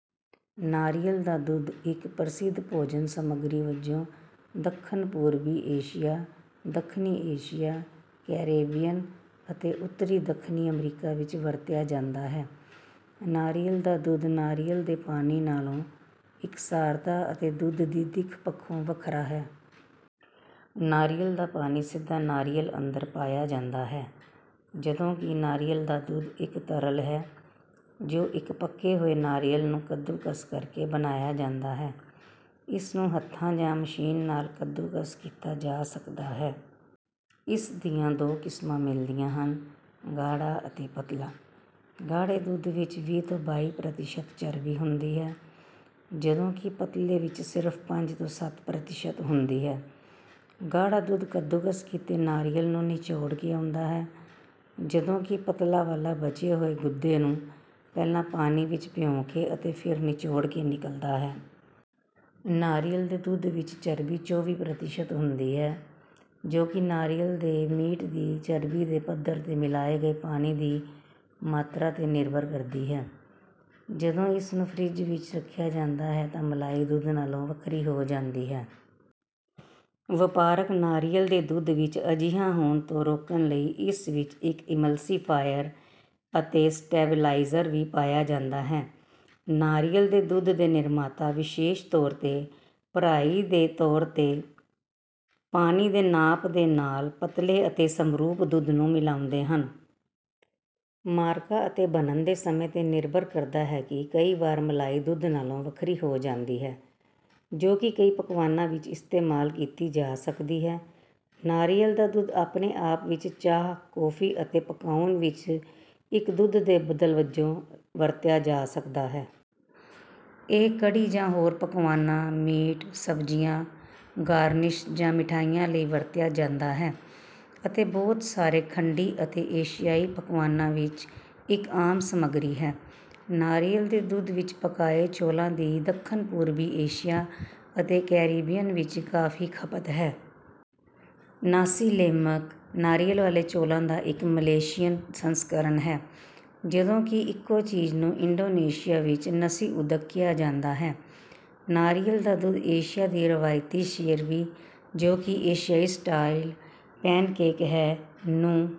ਨਾਰੀਅਲ ਦਾ ਦੁੱਧ ਇੱਕ ਪ੍ਰਸਿੱਧ ਭੋਜਨ-ਸਮੱਗਰੀ ਵਜੋਂ ਦੱਖਣ-ਪੂਰਬੀ ਏਸ਼ੀਆ, ਦੱਖਣੀ ਏਸ਼ੀਆ, ਕੈਰੇਬੀਅਨ ਅਤੇ ਉੱਤਰੀ ਦੱਖਣੀ ਅਮਰੀਕਾ ਵਿੱਚ ਵਰਤਿਆ ਜਾਂਦਾ ਹੈ। ਨਾਰੀਅਲ ਦਾ ਦੁੱਧ ਨਾਰੀਅਲ ਦੇ ਪਾਣੀ ਨਾਲੋਂ ਇਕਸਾਰਤਾ ਅਤੇ ਦੁੱਧ ਦੀ ਦਿੱਖ ਪੱਖੋਂ ਵੱਖਰਾ ਹੈ। ਨਾਰੀਅਲ ਦਾ ਪਾਣੀ ਸਿੱਧਾ ਨਾਰੀਅਲ ਅੰਦਰ ਪਾਇਆ ਜਾਂਦਾ ਹੈ, ਜਦੋਂ ਕਿ ਨਾਰੀਅਲ ਦਾ ਦੁੱਧ ਇੱਕ ਤਰਲ ਹੈ, ਜੋ ਇੱਕ ਪੱਕੇ ਹੋਏ ਨਾਰੀਅਲ ਨੂੰ ਕੱਦੂਕਸ ਕਰਕੇ ਬਣਾਇਆ ਜਾਂਦਾ ਹੈ। ਇਸ ਨੂੰ ਹੱਥਾਂ ਜਾਂ ਮਸ਼ੀਨ ਨਾਲ ਕੱਦੂਕਸ ਕੀਤਾ ਜਾ ਸਕਦਾ ਹੈ। ਇਸ ਦੀਆਂ ਦੋ ਕਿਸਮਾਂ ਮਿਲਦੀਆਂ ਹਨ: ਗਾੜ੍ਹਾ ਅਤੇ ਪਤਲਾ। ਗਾੜ੍ਹੇ ਦੁੱਧ ਵਿੱਚ ਵੀਹ ਤੋਂ ਬਾਈ ਪ੍ਰਤੀਸ਼ਤ ਚਰਬੀ ਹੁੰਦੀ ਹੈ, ਜਦੋਂ ਕਿ ਪਤਲੇ ਵਿੱਚ ਸਿਰਫ਼ ਪੰਜ ਤੋਂ ਸੱਤ ਪ੍ਰਤੀਸ਼ਤ ਹੁੰਦੀ ਹੈ। ਗਾੜ੍ਹਾ ਦੁੱਧ ਕੱਦੂਕਸ ਕੀਤੇ ਨਾਰੀਅਲ ਨੂੰ ਨਿਚੋੜ ਕੇ ਆਉਂਦਾ ਹੈ, ਜਦੋਂ ਕਿ ਪਤਲਾ ਵਾਲਾ ਬਚੇ ਹੋਏ ਗੁੱਦੇ ਨੂੰ ਪਹਿਲਾਂ ਪਾਣੀ ਵਿੱਚ ਭਿਓਂ ਕੇ ਅਤੇ ਫਿਰ ਨਿਚੋੜ ਕੇ ਨਿਕਲਦਾ ਹੈ। ਨਾਰੀਅਲ ਦੇ ਦੁੱਧ ਵਿੱਚ ਚਰਬੀ ਚੌਵੀ ਪ੍ਰਤੀਸ਼ਤ ਹੁੰਦੀ ਹੈ, ਜੋ ਕਿ ਨਾਰੀਅਲ ਦੇ ਮੀਟ ਦੀ ਚਰਬੀ ਦੇ ਪੱਧਰ ਅਤੇ ਮਿਲਾਏ ਗਏ ਪਾਣੀ ਦੀ ਮਾਤਰਾ ’ਤੇ ਨਿਰਭਰ ਕਰਦੀ ਹੈ। ਜਦੋਂ ਇਸ ਨੂੰ ਫਰਿੱਜ ਵਿੱਚ ਰੱਖਿਆ ਜਾਂਦਾ ਹੈ ਤਾਂ ਮਲਾਈ ਦੁੱਧ ਨਾਲੋਂ ਵੱਖਰੀ ਹੋ ਜਾਂਦੀ ਹੈ। ਵਪਾਰਕ ਨਾਰੀਅਲ ਦੇ ਦੁੱਧ ਵਿੱਚ ਅਜਿਹਾ ਹੋਣ ਤੋਂ ਰੋਕਣ ਲਈ ਇਸ ਵਿੱਚ ਇੱਕ ਇਮਲਸੀਫਾਇਰ ਅਤੇ ਸਟੇਬਲਾਈਜ਼ਰ ਵੀ ਪਾਇਆ ਜਾਂਦਾ ਹੈ। ਨਾਰੀਅਲ ਦੇ ਦੁੱਧ ਦੇ ਨਿਰਮਾਤਾ ਵਿਸ਼ੇਸ਼ ਤੌਰ ’ਤੇ ਭਰਾਈ ਦੇ ਤੌਰ ’ਤੇ ਪਾਣੀ ਦੇ ਨਾਪ ਦੇ ਨਾਲ ਪਤਲੇ ਅਤੇ ਸਮਰੂਪ ਦੁੱਧ ਨੂੰ ਮਿਲਾਉਂਦੇ ਹਨ। ਮਾਰਕਾ ਅਤੇ ਬਣਨ ਦੇ ਸਮੇਂ ’ਤੇ ਨਿਰਭਰ ਕਰਦਾ ਹੈ ਕਿ ਕਈ ਵਾਰ ਮਲਾਈ ਦੁੱਧ ਨਾਲੋਂ ਵੱਖਰੀ ਹੋ ਜਾਂਦੀ ਹੈ, ਜੋ ਕਿ ਕਈ ਪਕਵਾਨਾਂ ਵਿੱਚ ਇਸਤੇਮਾਲ ਕੀਤੀ ਜਾ ਸਕਦੀ ਹੈ। ਨਾਰੀਅਲ ਦਾ ਦੁੱਧ ਆਪਣੇ ਆਪ ਵਿੱਚ ਚਾਹ, ਕੌਫੀ ਅਤੇ ਪਕਾਉਣ ਵਿੱਚ ਇੱਕ ਦੁੱਧ ਦੇ ਬਦਲ ਵਜੋਂ ਵਰਤਿਆ ਜਾ ਸਕਦਾ ਹੈ। ਇਹ ਕੜ੍ਹੀ ਜਾਂ ਹੋਰ ਪਕਵਾਨਾਂ, ਮੀਟ, ਸਬਜ਼ੀਆਂ, ਗਾਰਨਿਸ਼ ਜਾਂ ਮਿਠਾਈਆਂ ਲਈ ਵਰਤਿਆ ਜਾਂਦਾ ਹੈ ਅਤੇ ਬਹੁਤ ਸਾਰੇ ਖੰਡੀ ਅਤੇ ਏਸ਼ਿਆਈ ਪਕਵਾਨਾਂ ਵਿੱਚ ਇੱਕ ਆਮ ਸਮੱਗਰੀ ਹੈ। ਨਾਰੀਅਲ ਦੇ ਦੁੱਧ ਵਿੱਚ ਪਕਾਏ ਚੌਲਾਂ ਦੀ ਦੱਖਣ-ਪੂਰਬੀ ਏਸ਼ੀਆ ਅਤੇ ਕੈਰੀਬੀਅਨ ਵਿੱਚ ਕਾਫ਼ੀ ਖਪਤ ਹੈ। ਨਾਸੀ ਲੇਮਕ, ਨਾਰੀਅਲ ਵਾਲੇ ਚੌਲਾਂ ਦਾ ਇੱਕ ਮਲੇਸ਼ੀਅਨ ਸੰਸਕਰਣ ਹੈ, ਜਦੋਂ ਕਿ ਇੱਕੋ ਚੀਜ਼ ਨੂੰ ਇੰਡੋਨੇਸ਼ੀਆ ਵਿੱਚ ਨਸੀ ਉਦੁਕ ਕਿਹਾ ਜਾਂਦਾ ਹੈ। ਨਾਰੀਅਲ ਦਾ ਦੁੱਧ ਏਸ਼ੀਆ ਦੀ ਰਵਾਇਤੀ ਸੇਰਬੀ, ਜੋ ਕਿ ਏਸ਼ਿਆਈ ਸਟਾਈਲ ਪੈਨਕੇਕ ਹੈ, ਨੂੰ...